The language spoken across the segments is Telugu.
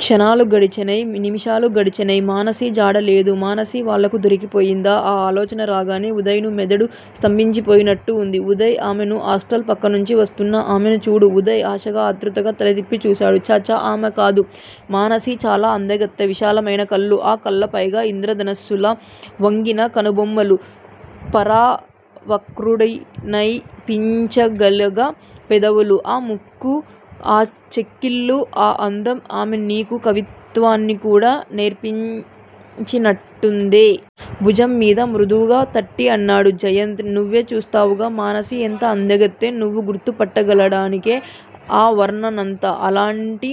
క్షణాలు గడిచినై. నిముషాలు గడిచినై. మానసి జాడ లేదు, మానసి వాళ్ళకు దొరికిపోయిందా? ఆ ఆలోచన రాగానే ఉదయ్ కు మెదడు స్తంభించిపోయినట్టయింది. ఉదయ్! ఆమెను ఆస్టాల్ పక్కనుంచి వస్తున్నా ఆమెను చూడు ఉదయ్ ఆశగా, ఆతృతగా తలతిప్పి చూశాడు. ఛఛ ఆమె కాడు. మానసి చాలా అందగత్తె విశాలమైనకళ్ళు__ఆ కళ్ళపైగా ఇంద్రధనుసుళ్ళా వంగిన కనుబొమ్మలు__ప్రవరాఖ్యుడికైనాపిచ్చెక్కించగల పెదవులూ___ఆ ముక్కూ___ఆ చెక్కిళ్ళూ___ఆ అందం___ ఆమె నీకు కవిత్వాన్ని కూడా నేర్పినట్టుందే! భుజంమీద మృదువుగా తట్టి అన్నాడు జయంత్. నువ్వే చూస్తావుగా మానసి ఎంత అందగత్తో? నువ్వు గుర్తుపట్ట గలగడానికే ఆ వర్ణనంతా. అలాంటి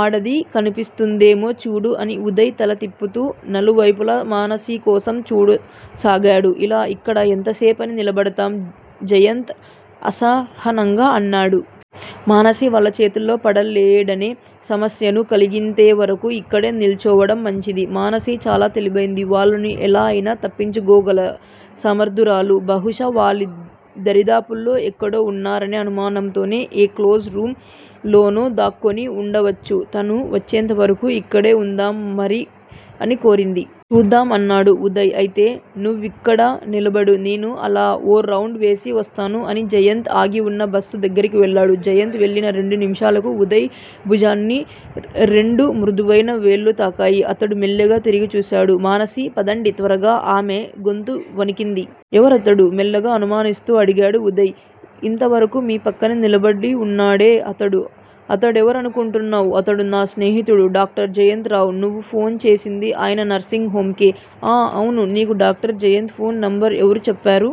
ఆడది కన్పిస్తుందేమో చూడు అని ఉదయ్ తల తిప్పుతూ నలువైపులా మానసికోసం చూడసాగాడు. ఇలా ఇక్కడ ఎంతసేపని నిలబడతాం? జయంత్ అసహనంగా అన్నాడు. మానసి వాళ్ళ చేతుల్లో పడలేడనే సమస్యను కలిగేంతవరకు ఇక్కడే నిల్చోవడం మంచిది. మానసి చాలా తెలివైంది. వాళ్ళను ఎలా అయినా తప్పించుకోగల సమర్ధురాలు బహుశా వాళ్ళీదరిదాపుల్లో ఎక్కడో ఉన్నారనే అనుమానంతోనే, ఏ క్లోక్ రూం లోనో దాక్కుని వుండవచ్చు తను వచ్చేంతవరకు ఇక్కడే వుండమని కోరింది. చూద్దాం! అన్నాడు ఉదయ్. అయితే నువ్విక్కడే నిలబడు. నేను అలా ఓ రౌండువేసి వస్తాను అని జయంత్ ఆగివున్న బస్సు దగ్గిరకెళ్ళాడు. జయంత్ వెళ్ళిన రెండునిముషాలకు ఉదయ్ భుజాన్ని రెండుమృదువైన వేళ్ళు తాకాయి. అతడు మెల్లగా తిరిగి చూశాడు. మానసీ! పదండి! త్వరగా! ఆమె గొంతు వణికింది. ఎవరతడు? మెల్లగా అనునయిస్తూ అడిగాడు ఉదయ్. ఇంతవరకూ మీ పక్కనే నిలబడివున్నాడే అతడే! అతడెవరనుకోంటున్నావ్? అతడు నా స్నేహితుడు డాక్టర్ జయంత్ రావు. నువ్వు ఫోన్ చేసింది ఆయన నర్సింగ్ హొమ్ కే. ఆఁ! అవును! నీకు డాక్టర్ జయంత్ ఫోన్ నంబరు ఎవరు చెప్పారు?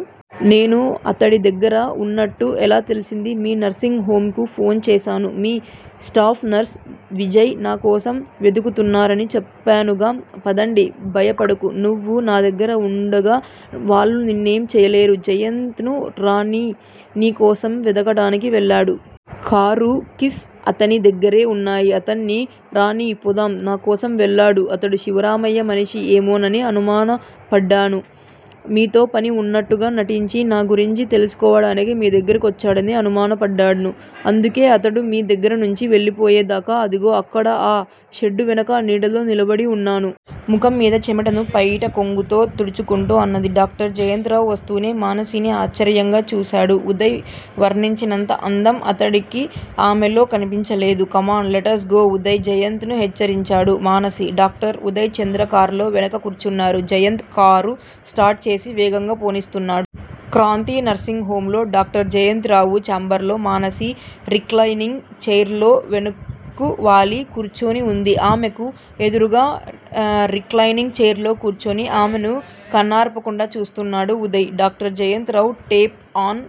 నేను అతడి దగ్గర ఉన్నట్టు ఎలా తెలిసింది? మీ నర్సింగ్ హొమ్ కు ఫోన్ చేశాను. మీ స్టాఫ్ నర్స్ విజయ నాకోసం వెదుకుతున్నారని చెప్పానుగా? పదండి. భయపడకు నువ్వు నాదగ్గర వుండగా వాళ్ళు నిన్నేమీ చెయ్యలేరు. జయంత్ ను రానియ్. నీ కోసమే వెదకడానికి వెళ్ళాడు. కారు కీస్ అతని దగ్గిరే వున్నాయి. అతడ్ని రానియ్యి పోదాం. నా కోసం వెళ్ళాడా? అతడు శివరామయ్య మనిషి ఏమోనని అనుమనపడ్డాను. మీతో పని వున్నట్టుగా నటించి, నా గురించి తెలుసుకోవడానికి, మీ దగ్గిరకొచ్చాడని అనుమానపడ్డాను. అందుకే అతడు మీ దగ్గిరనుంచి వెళ్ళిపోయేదాకా, అదుగో అక్కడ ఆ షెడ్డువెనక నీడలో నిలబడివున్నాను. ముఖంమీది చెమటను పైటకొంగుతో తుడుచుకుంటూ అన్నది. డాక్టర్ జయంత్ రావు వస్తూనే మానసిని ఆశ్చర్యంగా చూశాడు. ఉదయ్ వర్ణించినంత అందం అతడికి ఆమెలో కన్పించలేదు. కమాన్__లెటజ్ గో ఉదయ్ జయంత్ ను హెచ్చరించాడు. మానసీ, డాక్టర్ ఉదయచంద్ర కార్లో వెనక కూర్చున్నారు. జయంత్ కారు స్టార్ట్ చేసి వేగంగా పోనిస్తున్నాడు. క్రాంతి నర్సింగ్ హొమ్ లో డాక్టర్ జయంత్ రావు చేంబర్లో మానసి రిక్లాయినింగ్ చైర్లో వెనక్కువాలి కూర్చునివుంది. ఆమెకు ఎదురుగా రివాల్వింగ్ చైర్లో కూర్చుని ఆమెను కన్నార్పకుండా చూస్తున్నాడు Uday. Doctor Jayant Rao tape on